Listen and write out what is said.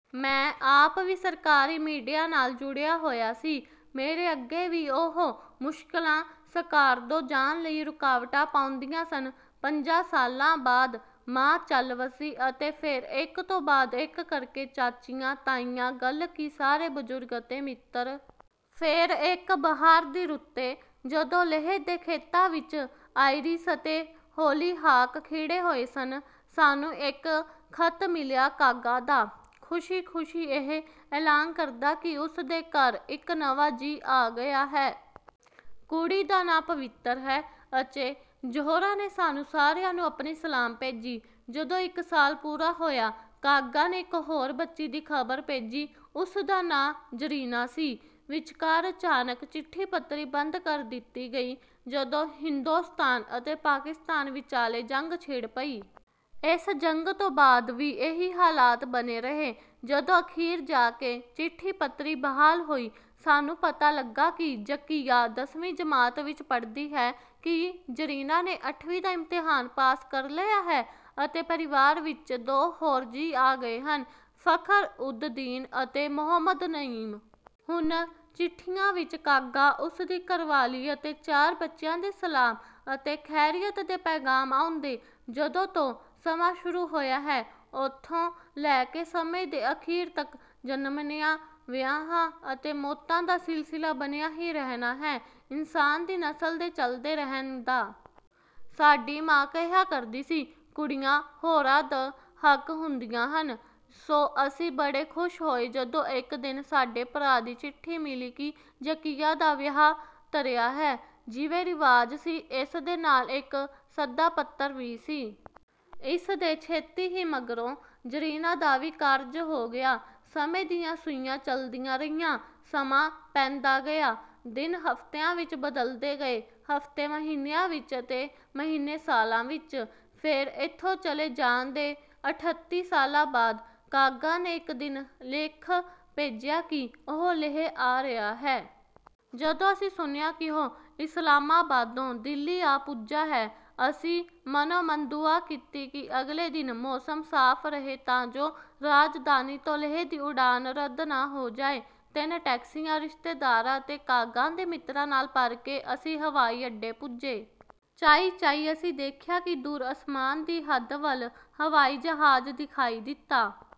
ਮੈਂ ਆਪ ਵੀ ਸਰਕਾਰੀ ਮੀਡੀਆ ਨਾਲ ਜੁੜਿਆ ਹੋਇਆ ਸੀ। ਮੇਰੇ ਅੱਗੇ ਵੀ ਓਹੋ ਮੁਸ਼ਕਿਲਾਂ ਸਕਾਰਦੋ ਜਾਣ ਲਈ ਰੁਕਾਵਟਾਂ ਪਾਉਂਦੀਆਂ ਸਨ। ਪੰਜਾਂ ਸਾਲਾਂ ਬਾਅਦ, ਮਾਂ ਚੱਲ ਵਸੀ ਅਤੇ ਫੇਰ ਇੱਕ ਤੋਂ ਬਾਅਦ ਇੱਕ ਕਰਕੇ ਚਾਚੀਆਂ, ਤਾਈਆਂ, ਗੱਲ ਕੀ ਸਾਰੇ ਬਜ਼ੁਰਗ ਅਤੇ ਮਿੱਤਰ। ਫੇਰ, ਇੱਕ ਬਹਾਰ ਦੀ ਰੁੱਤੇ, ਜਦੋਂ ਲੇਹ ਦੇ ਖੇਤਾਂ ਵਿੱਚ ਆਇਰਿਸ ਅਤੇ ਹੌਲੀਹਾਕ ਖਿੜੇ ਹੋਏ ਸਨ, ਸਾਨੂੰ ਇੱਕ ਖ਼ਤ ਮਿਲਿਆ ਕਾਗਾ ਦਾ, ਖੁਸ਼ੀ-ਖੁਸ਼ੀ ਇਹ ਐਲਾਨ ਕਰਦਾ ਕਿ ਉਸ ਦੇ ਘਰ ਇੱਕ ਨਵਾਂ ਜੀਅ ਆ ਗਿਆ ਹੈ। ਕੁੜੀ ਦਾ ਨਾਂ ਪਵਿੱਤਰ ਹੈ। ਅਚੇ ਜ਼ੋਹਰਾ ਨੇ ਸਾਨੂੰ ਸਾਰਿਆਂ ਨੂੰ ਆਪਣੀ ਸਲਾਮ ਭੇਜੀ। ਜਦੋਂ ਇੱਕ ਸਾਲ ਪੂਰਾ ਹੋਇਆ, ਕਾਗਾ ਨੇ ਇੱਕ ਹੋਰ ਬੱਚੀ ਦੀ ਖ਼ਬਰ ਭੇਜੀ। ਉਸ ਦਾ ਨਾਂ ਜ਼ਰੀਨਾ ਸੀ। ਵਿਚਕਾਰ ਅਚਾਨਕ ਚਿੱਠੀ-ਪੱਤਰੀ ਬੰਦ ਕਰ ਦਿੱਤੀ ਗਈ, ਜਦੋਂ ਹਿੰਦੋਸਤਾਨ ਅਤੇ ਪਾਕਿਸਤਾਨ ਵਿਚਾਲੇ ਜੰਗ ਛਿੜ ਪਈ। ਇਸ ਜੰਗ ਤੋਂ ਬਾਅਦ ਵੀ ਇਹੀ ਹਾਲਾਤ ਬਣੇ ਰਹੇ। ਜਦੋਂ ਅਖ਼ੀਰ ਜਾ ਕੇ ਚਿੱਠੀ-ਪੱਤਰੀ ਬਹਾਲ ਹੋਈ, ਸਾਨੂੰ ਪਤਾ ਲੱਗਾ ਕਿ ਜ਼ਕੀਆ ਦਸਵੀਂ ਜਮਾਤ ਵਿੱਚ ਪੜ੍ਹਦੀ ਹੈ, ਕਿ ਜ਼ਰੀਨਾ ਨੇ ਅੱਠਵੀਂ ਦਾ ਇਮਤਿਹਾਨ ਪਾਸ ਕਰ ਲਿਆ ਹੈ ਅਤੇ ਪਰਿਵਾਰ ਵਿੱਚ ਦੋ ਹੋਰ ਜੀਅ ਆ ਗਏ ਹਨ—ਫ਼ਖ਼ਰ-ਉਦ-ਦੀਨ ਅਤੇ ਮੋਹੰਮਦ ਨਈਮ। ਹੁਣ, ਚਿੱਠੀਆਂ ਵਿੱਚ ਕਾਗਾ, ਉਸ ਦੀ ਘਰਵਾਲੀ ਅਤੇ ਚਾਰ ਬੱਚਿਆਂ ਦੇ ਸਲਾਮ ਅਤੇ ਖੈਰੀਅਤ ਦੇ ਪੈਗ਼ਾਮ ਆਉਂਦੇ। ਜਦੋਂ ਤੋਂ ਸਮਾਂ ਸ਼ੁਰੂ ਹੋਇਆ ਹੈ, ਓਥੋਂ ਲੈ ਕੇ ਸਮੇਂ ਦੇ ਅਖ਼ੀਰ ਤੱਕ, ਜੰਮਣਿਆਂ, ਵਿਆਹਾਂ ਅਤੇ ਮੌਤਾਂ ਦਾ ਸਿਲਸਿਲਾ ਬਣਿਆ ਹੀ ਰਹਿਣਾ ਹੈ, ਇਨਸਾਨ ਦੀ ਨਸਲ ਦੇ ਚੱਲਦੇ ਰਹਿਣ ਦਾ। ਸਾਡੀ ਮਾਂ ਕਿਹਾ ਕਰਦੀ ਸੀ, "ਕੁੜੀਆਂ ਹੋਰਾਂ ਦ ਹੱਕ ਹੁੰਦੀਆਂ ਹਨ," ਸੋ ਅਸੀਂ ਬੜੇ ਖੁਸ਼ ਹੋਏ ਜਦੋਂ ਇੱਕ ਦਿਨ ਸਾਡੇ ਭਰਾ ਦੀ ਚਿੱਠੀ ਮਿਲੀ ਕਿ ਜ਼ਕੀਆ ਦਾ ਵਿਆਹ ਧਰਿਆ ਹੈ। ਜਿਵੇਂ ਰਿਵਾਜ ਸੀ, ਇਸ ਦੇ ਨਾਲ ਇੱਕ ਸੱਦਾ-ਪੱਤਰ ਵੀ ਸੀ। ਇਸ ਦੇ ਛੇਤੀ ਹੀ ਮਗਰੋਂ, ਜ਼ਰੀਨਾ ਦਾ ਵੀ ਕਾਰਜ ਹੋ ਗਿਆ। ਸਮੇਂ ਦੀਆਂ ਸੂਈਆਂ ਚੱਲਦੀਆਂ ਰਹੀਆਂ। ਸਮਾਂ ਪੈਂਦਾ ਗਿਆ। ਦਿਨ ਹਫ਼ਤਿਆਂ ਵਿੱਚ ਬਦਲਦੇ ਗਏ, ਹਫ਼ਤੇ ਮਹੀਨਿਆਂ ਵਿੱਚ ਅਤੇ ਮਹੀਨੇ ਸਾਲਾਂ ਵਿੱਚ। ਫੇਰ, ਇੱਥੋਂ ਚਲੇ ਜਾਣ ਦੇ ਅਠੱਤੀ ਸਾਲਾਂ ਬਾਅਦ, ਕਾਗਾ ਨੇ ਇੱਕ ਦਿਨ ਲਿਖ ਭੇਜਿਆ ਕਿ ਉਹ ਲੇਹ ਆ ਰਿਹਾ ਹੈ। ਜਦੋਂ ਅਸੀਂ ਸੁਣਿਆ ਕਿ ਉਹ ਇਸਲਾਮਾਬਾਦੋਂ ਦਿੱਲੀ ਆ ਪੁੱਜਾ ਹੈ, ਅਸੀਂ ਮਨੋ-ਮਨ ਦੁਆ ਕੀਤੀ ਕਿ ਅਗਲੇ ਦਿਨ ਮੌਸਮ ਸਾਫ਼ ਰਹੇ ਤਾਂ ਜੋ ਰਾਜਧਾਨੀ ਤੋਂ ਲੇਹ ਦੀ ਉਡਾਨ ਰੱਦ ਨਾ ਹੋ ਜਾਏ। ਤਿੰਨ ਟੈਕਸੀਆਂ ਰਿਸ਼ਤੇਦਾਰਾਂ ਅਤੇ ਕਾਗਾ ਦੇ ਮਿੱਤਰਾਂ ਨਾਲ ਭਰ ਕੇ ਅਸੀਂ ਹਵਾਈ ਅੱਡੇ ਪੁੱਜੇ। ਚਾਈਂ-ਚਾਈਂ, ਅਸੀਂ ਦੇਖਿਆ ਕਿ ਦੂਰ ਅਸਮਾਨ ਦੀ ਹੱਦ ਵੱਲ ਹਵਾਈ ਜਹਾਜ਼ ਦਿਖਾਈ ਦਿੱਤਾ...